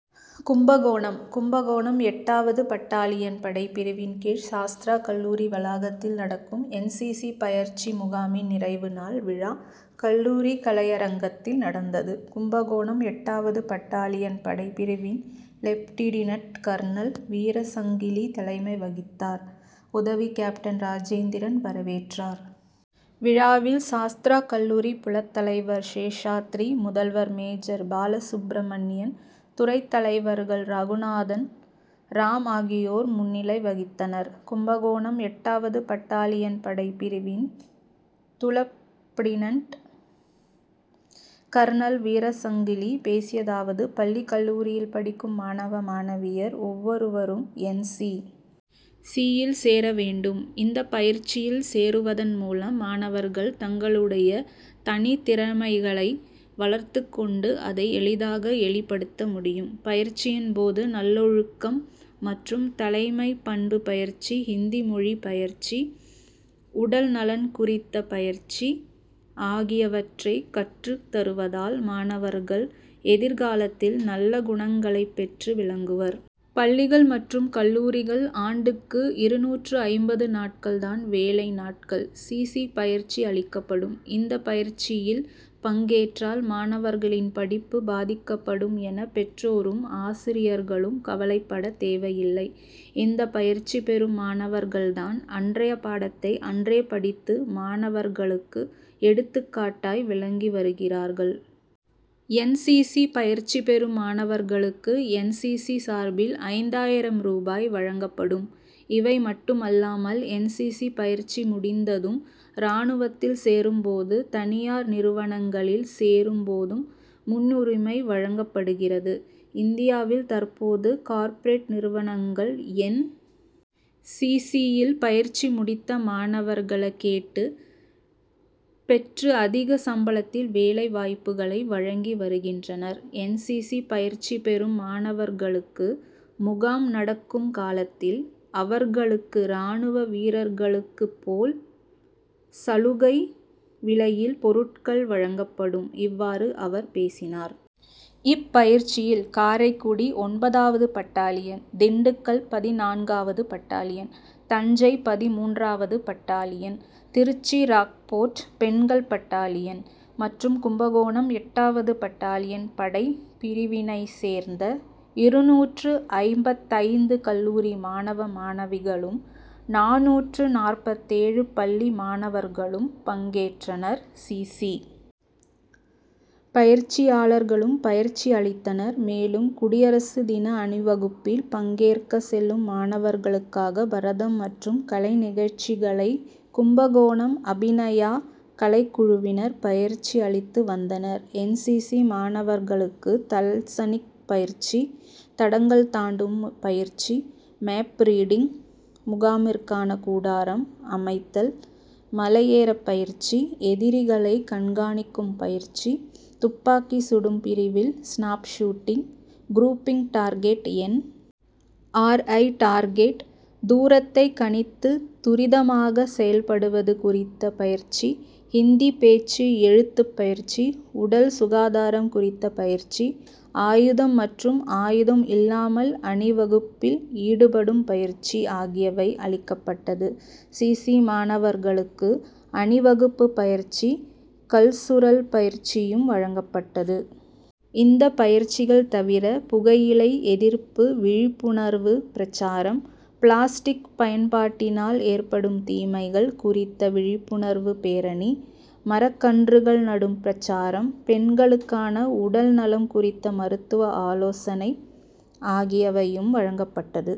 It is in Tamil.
கும்பகோணம் கும்பகோணம் எட்டாவது பட்டாலியின் படை பிரிவின் கீழ் சாஸ்த்ரா கல்லூரி வளாகத்தில் நடக்கும் என். சி. சி., பயிற்சி முகாமின் நிறைவு நாள் விழா கல்லூரி கலையரங்கத்தில் நடந்தது. கும்பகோணம் எட்டாவது பட்டாலியின் படை பிரிவின் லெப்டிடினட் கர்னல் வீரசங்கிலி தலைமை வகித்தார். உதவி கேப்டன் ராஜேந்திரன் வரவேற்றார். விழாவில், சாஸ்த்ரா கல்லூரி புலத் தலைவர் சேஷாத்ரி, முதல்வர் மேஜர் பாலசுப்பிரமணியன், துறைத் தலைவர்கள் ரகுநாதன், ராம் ஆகியோர் முன்னிலை வகித்தனர். கும்பகோணம் எட்டாவது பட்டாலியின் படை பிரிவின் த்துலப்டினன்ட் கர்னல் வீரசங்கிலி பேசியதாவது பள்ளி, கல்லூரியில் படிக்கும் மாணவ, மாணவியர் ஒவ்வொருவரும் என். சி. சி.,யில் சேர வேண்டும். இந்த பயிற்சியில் சேருவதன் மூலம் மாணவர்கள் தங்களுடைய தனித்திறமைகளை வளர்த்து கொண்டு அதை எளிதாக எளிப்படுத்த முடியும். பயிற்சியின் போது நல்லொழுக்கம் மற்றும் தலைமைப் பண்பு பயிற்சி, ஹிந்தி மொழி பயிற்சி, உடல் நலன் குறித்த பயிற்சி ஆகியவற்றை கற்றுத் தருவதால் மாணவர்கள் எதிர்காலத்தில் நல்ல குணங்களை பெற்று விளங்குவர். பள்ளிகள் மற்றும் கல்லூரிகள் ஆண்டுக்கு இருநூற்று ஐம்பது நாட்கள் தான் வேலை நாட்கள். சி. சி., பயிற்சி அளிக்கப்படும். இந்த பயிற்சியில் பங்கேற்றால் மாணவர்களின் படிப்பு பாதிக்கப்படும் என பெற்றோரும், ஆசிரியர்களும் கவலைப்பட தேவையில்லை. இந்த பயிற்சி பெறும் மாணவர்கள் தான் அன்றைய பாடத்தை அன்றே படித்து மற்றவர்களுக்கு எடுத்துகாட்டாய் விளங்கி வருகிறார்கள். என். சி. சி. சி., பயிற்சி பெறும் மாணவர்களுக்கு என். சி. சி., சார்பில் ஐந்தாயிரம் ரூபாய் வழங்கப்படும். இவை மட்டுமல்லாமல் என். சி. சி., பயிற்சி முடித்ததும் ராணுவத்தில் சேரும்போதும், தனியார் நிறுவனங்களில் சேரும் போதும் முன்னுரிமை வழங்கப்படுகிறது. இந்தியாவில் தற்போது கார்ப்ரேட் நிறுவனங்கள் என். சி. சி.,யில் பயிற்சி முடித்த மாணவர்கள கேட்டு பெற்று அதிக சம்பளத்தில் வேலை வாய்ப்புகளை வழங்கி வருகின்றனர். என். சி. சி., பயிற்சி பெறும் மாணவர்களுக்கு முகாம் நடக்கும் காலத்தில் அவர்களுக்கு ராணுவ வீரர்களுக்கு போல் சலுகை விலையில் பொருட்கள் வழங்கப்படும். இவ்வாறு அவர் பேசினார். இப்பயிற்சியில் காரைக்குடி ஒன்பதாவது பட்டாலியன், திண்டுக்கல் பதினான்காவது பட்டாலியன், தஞ்சை பதிமூன்றாவது பட்டாலியன், திருச்சி ராக்போர்ட் பெண்கள் பட்டாலியன் மற்றும் கும்பகோணம் எட்டாவது பட்டாலியன் படைப் பிரிவினைச் சேர்ந்த இருநூற்று ஐம்பத்தைந்து கல்லூரி மாணவ, மாணவிகளும், நானூற்று நாற்பத்தேழு பள்ளி மாணவர்களும் பங்கேற்றனர். சி. சி., பயிற்சியாளர்களும் பயிற்சி அளித்தனர். மேலும், குடியரசு தின அணிவகுப்பில் பங்கேற்க செல்லும் மாணவர்களுக்காக பரதம் மற்றும் கலைநிகழ்ச்சிகளை கும்பகோணம் அபிநயா கலைக்குழுவினர் பயிற்சி அளித்து வந்தனர். என். சி. சி., மாணவர்களுக்கு தல்சனிக் பயிற்சி, தடங்கள் தாண்டும் பயிற்சி, மேப் ரீடிங், முகாமிற்கான கூடாரம் அமைத்தல், மலையேற்றப் பயிற்சி, எதிரிகளை கண்காணிக்கும் பயிற்சி, துப்பாக்கி சுடும் பிரிவில் snap shooting, grouping target, N. R. I., target, தூரத்தை கணித்து துரிதமாக செயல்படுவது குறித்த பயிற்சி, ஹிந்தி பேச்சு, எழுத்துப் பயிற்சி, உடல் சுகாதாரம் குறித்த பயிற்சி, ஆயுதம் மற்றும் ஆயுதம் இல்லாமல் அணிவகுப்பில் ஈடுபடும் பயிற்சி ஆகியவை அளிக்கப்பட்டது. சி. சி., மாணவர்களுக்கு அணிவகுப்பு பயிற்சி, கல்சுரல் பயிற்சியும் வழங்கப்பட்டது. இந்த பயிற்சிகள் தவிர புகையிலை எதிர்ப்பு விழிப்புணர்வு பிரசாரம், பிளாஸ்டிக் பயன்பாட்டினால் ஏற்படும் தீமைகள் குறித்த விழிப்புணர்வு பேரணி, மரக்கன்றுகள் நடும் பிரசாரம், பெண்களுக்கான உடல் நலம் குறித்த மருத்துவ ஆலோசனை ஆகியவையும் வழங்கப்பட்டது.